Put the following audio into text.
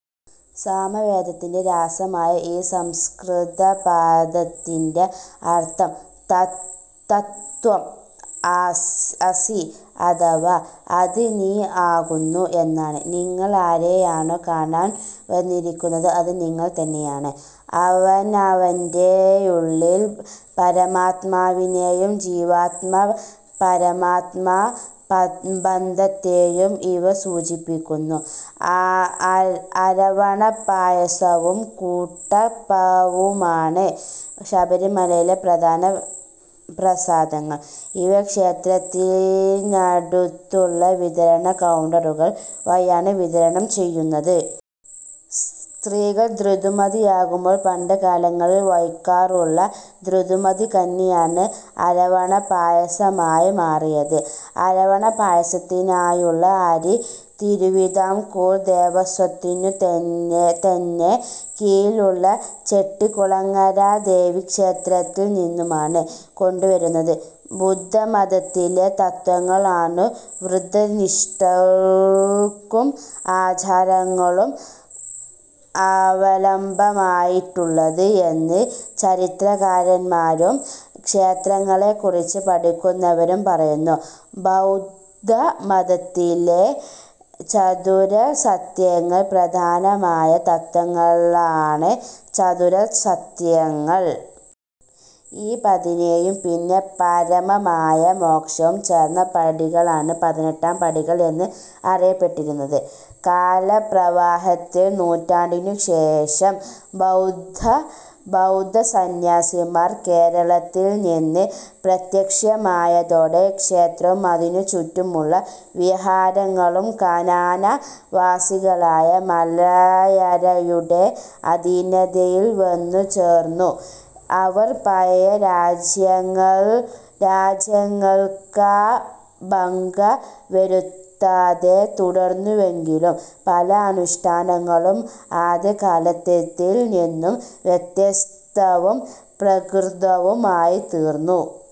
സാമവേദത്തിന്റെ രസമായ ഈ സംസ്കൃതപദത്തിന്റെ അർഥം 'തത്-ത്വം-അസി' അഥവാ 'അത് നീ ആകുന്നു' എന്നാണ്. നിങ്ങൾ ആരെയാണോ കാണാൻ വന്നിരിക്കുന്നത് അത് നിങ്ങൾ തന്നെയാണ്. അവനവന്റെയുള്ളിലെ പരമാത്മാവിനെയും ജീവാത്മാ-പരമാത്മാ ബന്ധത്തേയും ഇവ സൂചിപ്പിക്കുന്നു. അരവണപ്പായസവും കൂട്ടപ്പവുമാണ് ശബരിമലയിലെ പ്രധാന പ്രസാദങ്ങൾ. ഇവ ക്ഷേത്രത്തിനടുത്തുള്ള വിതരണ കൗണ്ടറുകൾ വഴിയാണ് വിതരണം ചെയ്യുന്നത്. സ്ത്രീകൾ ഋതുമതിയാകുമ്പോൾ പണ്ട് കാലങ്ങളിൽ വയ്ക്കാറൂള്ള ഋതുമതികഞ്ഞിയാണ് അരവണപ്പായസമായി മാറിയത്. അരവണപ്പായസത്തിനായുള്ള അരി തിരുവിതാംകൂർ ദേവസ്വത്തിനു തന്നെ കീഴിലുള്ള ചെട്ടികുളങ്ങര ദേവീക്ഷേത്രത്തിൽ നിന്നുമാണ് കൊണ്ടുവരുന്നത്. ബുദ്ധമതത്തിലെ തത്ത്വങ്ങൾ ആണു വൃതനിഷ്ഠക്കും ആചാരങ്ങളും അവലംബമായിട്ടുള്ളത് എന്ന് ചരിത്രകാരന്മാരും ക്ഷേത്രങ്ങളെക്കുറിച്ച് പഠിക്കുന്നവരും പറയുന്നു. ബൗദ്ധ മതത്തിലെ ചതുര സത്യങ്ങൾ പ്രധാനമായ തത്ത്വങ്ങളാണ് ചതുര സത്യങ്ങൾ. ഈ പതിനേഴും പിന്നെ പരമമായ മോക്ഷവും ചേർന്ന പടികളാണ് പതിനെട്ടാം പടികൾ എന്ന് അറിയപ്പെട്ടിരുന്നത്. കാലപ്രവാഹത്തിൽ നൂറ്റാണ്ടിനു ശേഷം ബൗദ്ധസന്യാസിമാർ കേരളത്തിൽ നിന്ന് അപ്രത്യക്ഷമായതോടെ ക്ഷേത്രവും അതിനു ചുറ്റിയുള്ള വിഹാരങ്ങളും കാനന വാസികളായ മലയരയുടെ അധീനതയിൽ വന്നു ചേർന്നു. അവർ പഴയ ആചാരങ്ങൾക്ക ഭംഗവരുത്താതെ തുടർന്നുവെങ്കിലും പല അനുഷ്ഠാനങ്ങളും ആദ്യകാലത്തേതിൽ നിന്നും വ്യത്യസ്തവും പ്രകൃതവും ആയിത്തീർന്നു.